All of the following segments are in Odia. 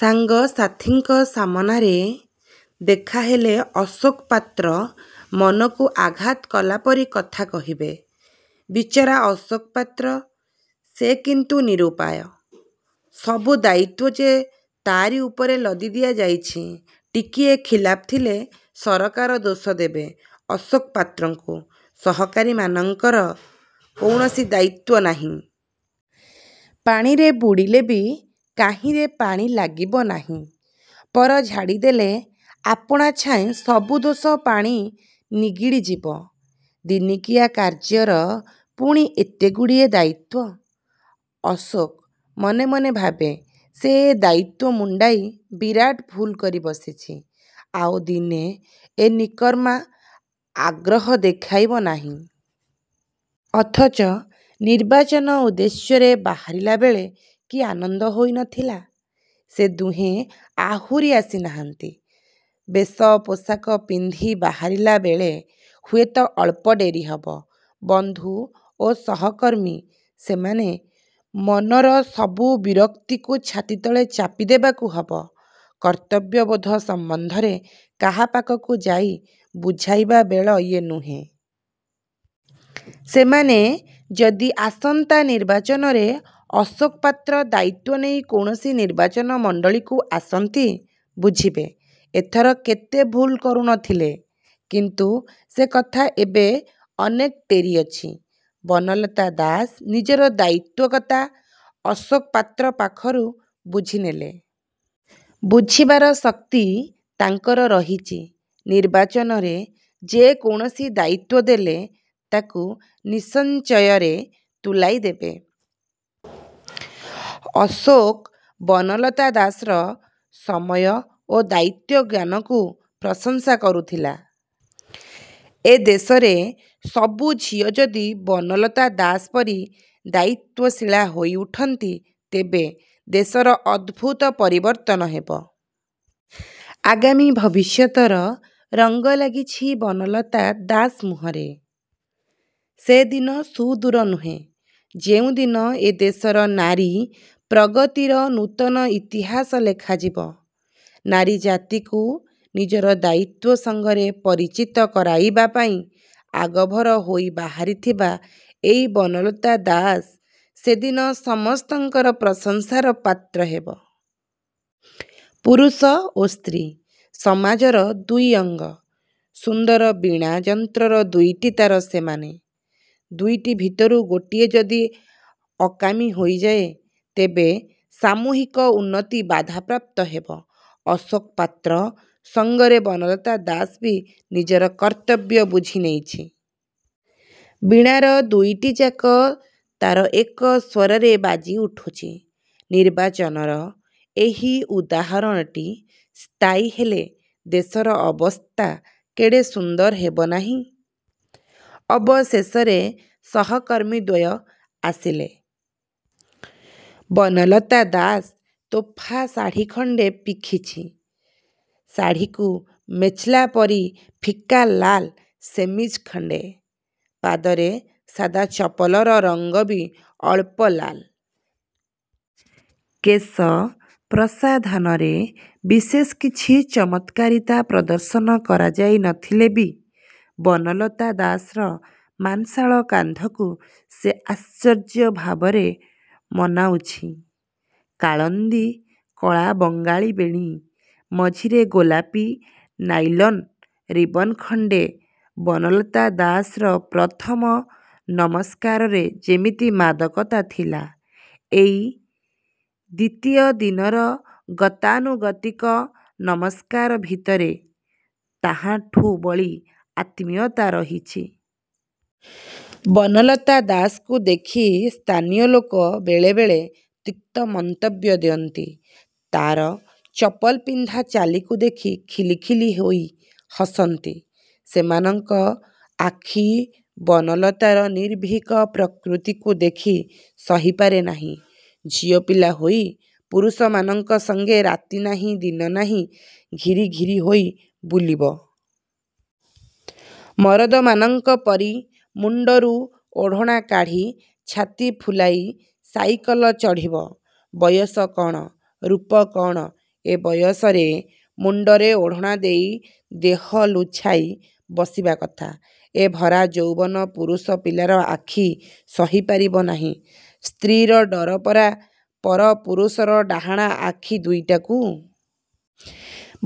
ସାଙ୍ଗସାଥିଙ୍କ ସାମନାରେ ଦେଖା ହେଲେ ଅଶୋକ ପାତ୍ର ମନକୁ ଆଘାତ କଲାପରି କଥା କହିବେ। ବିଚରା ଅଶୋକ ପାତ୍ର! ସେ କିନ୍ତୁ ନିରୁପାୟ। ସବୁ ଦାୟିତ୍ୱ ଯେ ତାରି ଉପରେ ଲଦି ଦିଆଯାଇଛି। ଟିକିଏ ଖିଲାପ ଥିଲେ ସରକାର ଦୋଷ ଦେବେ ଅଶୋକ ପାତ୍ରକୁ। ସହକାରୀମାନଙ୍କର କୌଣସି ଦାୟିତ୍ୱ ନାହିଁ। ପାଣିରେ ବୁଡ଼ିଲେବି କାହିଁରେ ପାଣି ଲାଗିବ ନାହିଁ। ପର ଝାଡ଼ିଦେଲେ ଆପଣା ଛାଏଁ ସବୁ ଦୋଷ-ପାଣି ନିଗିଡ଼ି ଯିବ। ଦିନିକିଆ କାର୍ଯ୍ୟର ପୁଣି ଏତେ ଗୁଡ଼ିଏ ଦାୟିତ୍ୱ? ଅଶୋକ ମନେ ମନେ ଭାବେ, ସେ ଏ ଦାୟିତ୍ୱ ମୁଣ୍ଡାଇ ବିରାଟ ଭୁଲ କରି ବସିଛି। ଆଉ ଦିନେ ଏ ନିକର୍ମା-ଆଗ୍ରହ ଦେଖାଇବ ନାହିଁ। ଅଥଚ ନିର୍ବାଚନ ଉଦ୍ଦେଶ୍ୟରେ ବାହାରିଲାବେଳେ କି ଆନନ୍ଦ ହୋଇ ନ ଥିଲା। ସେ ଦୁହେଁ ଆହୁରି ଆସିନାହାନ୍ତି। ବେଶପୋଷାକ ପିନ୍ଧି ବାହାରିଲାବେଳେ ହୁଏତ ଅଳ୍ପ ଡେରି ହେବ। ବନ୍ଧୁ ଓ ସହକର୍ମୀ ସେମାନେ। ମନର ସବୁ ବିରକ୍ତିକୁ ଛାତିତଳେ ଚାପି ଦେବାକୁ ହେବ। କର୍ତ୍ତବ୍ୟବୋଧ ସମ୍ୱନ୍ଧରେ କାହା ପାଖକୁ ଯାଇ ବୁଝାଇବା ବେଳ ଇଏ ନୁହେ। ସେମାନେ ଯଦି ଆସନ୍ତା ନିର୍ବାଚନରେ ଅଶୋକ ପାତ୍ର ଦାୟିତ୍ୱ ନେଇ କୌଣସି ନିର୍ବାଚନ ମଣ୍ଡଳୀକୁ ଆସନ୍ତି, ବୁଝିବେ ଏଥର କେତେ ଭୁଲ କରୁ ନ ଥିଲେ। କିନ୍ତୁ ସେ କଥା ଏବେ ଅନେକ ଡେରି ଅଛି। ବନଲତା ଦାସ ନିଜର ଦାୟିତ୍ୱ କତା ଅଶୋକ ପାତ୍ର ପାଖରୁ ବୁଝିନେଲେ। ବୁଝିବାର ଶକ୍ତି ତାଙ୍କର ରହିଛି। ନିର୍ବାଚନରେ ଯେକୌଣସି ଦାୟିତ୍ୱ ଦେଲେ ତାକୁ ନିଃସଂଶୟରେ ତୁଲାଇ ଦେବେ। ଅଶୋକ ବନଲତା ଦାସର ସମୟ ଓ ଦାୟିତ୍ୱ ଜ୍ଞାନକୁ ପ୍ରଶଂସା କରୁଥିଲା। ଏ ଦେଶର ସବୁ ଝିଅ ଯଦି ବନଲତା ଦାସ ପରି ଦାୟିତ୍ୱଶୀଳା ହୋଇଉଠନ୍ତି, ତେବେ ଦେଶର ଅଦ୍ଭୁତ ପରିବର୍ତ୍ତନ ହେବ। ଆଗାମୀ ଭବିଷ୍ୟତର ରଙ୍ଗ ଲାଗିଛି ବନଲନା ଦାସ ମୁହଁରେ। ସେଦିନ ସୁଦୁର ନୁହେ, ଯେଉଁଦିନ ଏ ଦେଶର ନାରୀ ପ୍ରଗତିର ନୂତନ ଇତିହାସ ଲେଖାଯିବ। ନାରୀ ଜାତିକୁ ନିଜର ଦାୟିତ୍ୱ ସଙ୍ଗରେ ପରିଚିତ କରାଇବା ପାଇଁ ଆଗଭର ହୋଇ ବାହାରିଥିବା ଏଇ ବନଲତା ଦାସ ସେଦିନ ସମସ୍ତଙ୍କର ପ୍ରଶଂସାର ପାତ୍ର ହେବ। ପୁରୁଷ ଓ ସ୍ତ୍ରୀ, ସମାଜର ଦୁଇ ଅଙ୍ଗ। ସୁନ୍ଦର ବୀଣା ଯନ୍ତ୍ରର ଦୁଇଟି ତାର ସେମାନେ। ଦୁଇଟି ଭିତରୁ ଗୋଟିଏ ଯଦି ଅକାମୀ ହୋଇଯାଏ ତେବେ ସାମୁହିକ ଉନ୍ନତି ବାଧାପ୍ରାପ୍ତ ହେବ। ଅଶୋକ ପାତ୍ର ସଙ୍ଗରେ ବନଲତା ଦାସ ବି ନିଜର କର୍ତ୍ତବ୍ୟ ବୁଝି ନେଇଛି। ବୀଣାର ଦୁଇଟିଯାକ ତାର ଏକ ସ୍ୱରରେ ବାଜି ଉଠୁଛି। ନିର୍ବାଚନର ଏହି ଉଦାହରଣଟି ସ୍ଥାୟୀ ହେଲେ, ଦେଶର ଅବସ୍ଥା କେଡ଼େ ସୁନ୍ଦର ହେବନାହିଁ। ଅବଶେଷରେ ସହକର୍ମୀ ଦ୍ୱୟ ଆସିଲେ। ବନଲତା ଦାସ ତୋଫା ଶାଢ଼ି ଖଣ୍ଡେ ପିଖିଛି। ଶାଢ଼ିକୁ ମେଚ୍କଲାପରି ଫିକା ଲାଲ ସେମିଜ୍ଖଣ୍ଡେ। ପାଦର ସାଦା ଚପଲର ରଙ୍ଗ ବି ଅଳ୍ପ ଲାଲ। କେଶ ପ୍ରସାଧନରେ ବିଶେଷ କିଛି ଚମତ୍କାରିତା ପ୍ରଦର୍ଶନ କରାଯାଇ ନଥିଲେ ବି ବନଲତା ଦାସର ମାଂସଳ କାନ୍ଧକୁ ସେ ଆଶ୍ଚର୍ଯ୍ୟ ଭାବରେ ମନାଉଛି। କାଳନ୍ଦୀ କଳା ବଙ୍ଗାଳୀ ବେଣୀ ମଝିରେ ଗୋଲାପୀ ନାଇଲନ୍ ରିବନ୍ଖଣ୍ଡେ। ବନଲତା ଦାସର ପ୍ରଥମ ନମସ୍କାରରେ ଯେମିତି ମାଦକତା ଥିଲା ଏଇ ଦ୍ୱିତୀୟ ଦିନର ଗତାନୁଗତିକ ନମସ୍କାର ଭିତରେ ତାହାଠୁଁ ବଳି ଆତ୍ମୀୟତା ରହିଛି। ବନଲତା ଦାସକୁ ଦେଖି ସ୍ଥାନୀୟ ଲୋକେ ବେଳେବେଳେ ତିକ୍ତ ମନ୍ତବ୍ୟ ଦିଅନ୍ତି। ତାର ଚପଲ ପିନ୍ଧା ଚାଲିକୁ ଦେଖି ଖିଲି, ଖିଲି, ହୋଇ ହସନ୍ତି। ସେମାନଙ୍କ ଆଖି ବନଲତାର ନିର୍ଭୀକ ପ୍ରକୃତିକୁ ଦେଖି ସହି ପାରେ ନାହିଁ। ଝିଅପିଲା ହୋଇ ପୁରୁଷମାନଙ୍କ ସଙ୍ଗେ ରାତି ନାହିଁ, ଦିନ ନାହିଁ ଘିରି ଘିରି ହୋଇ ବୁଲିବ? ମରଦମାନଙ୍କ। ପରି ମୁଣ୍ଡରୁ ଓଢ଼ଣା କାଢ଼ି ଛାତି ଫୁଲାଇ ସାଇକଲ ଚଢ଼ିବ? ବୟସ କଣ, ରୂପ କଣ! ଏ ବୟସରେ ମୁଣ୍ଡରେ ଓଢ଼ଣାଦେଇ ଦେହ ଲୁଛାଇ ବସିବା କଥା! ଏ ଭରା ଯୌବନ ପୁରୁଷ ପିଲାର ଆଖି ସହିପାଇବ ନାହିଁ। ସ୍ତ୍ରୀର ଡର ପରା ପର ପୁରୁଷର ଡାହଣା ଆଖି ଦୁଇଟାକୁ!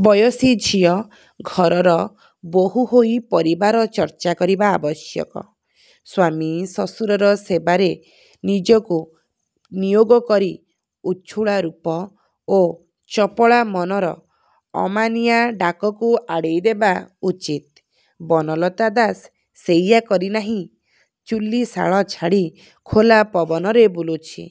ବୟସୀ ଝିଅ ଘରର ବୋହୂ ହୋଇ ପରିବାର ଚର୍ଚ୍ଚା କରିବା ଆବଶ୍ୟକ। ସ୍ୱାମୀ, ଶ୍ୱଶୁରର ସେବାରେ ନିଜକୁ ନିୟୋଗ କରି ଉଛୁଳା ରୂପ ଓ ଚପଳ ମନର ଅମାନିଆ ଡାକକୁ ଆଡ଼େଇ ଦେବା ଉଚିତ। ବନଲତା ଦାସ ସେଇୟା କରିନାହିଁ। ଚୁଲୀଶାଳ ଛାଡ଼ି ଖୋଲା ପବନରେ ବୁଲୁଛି।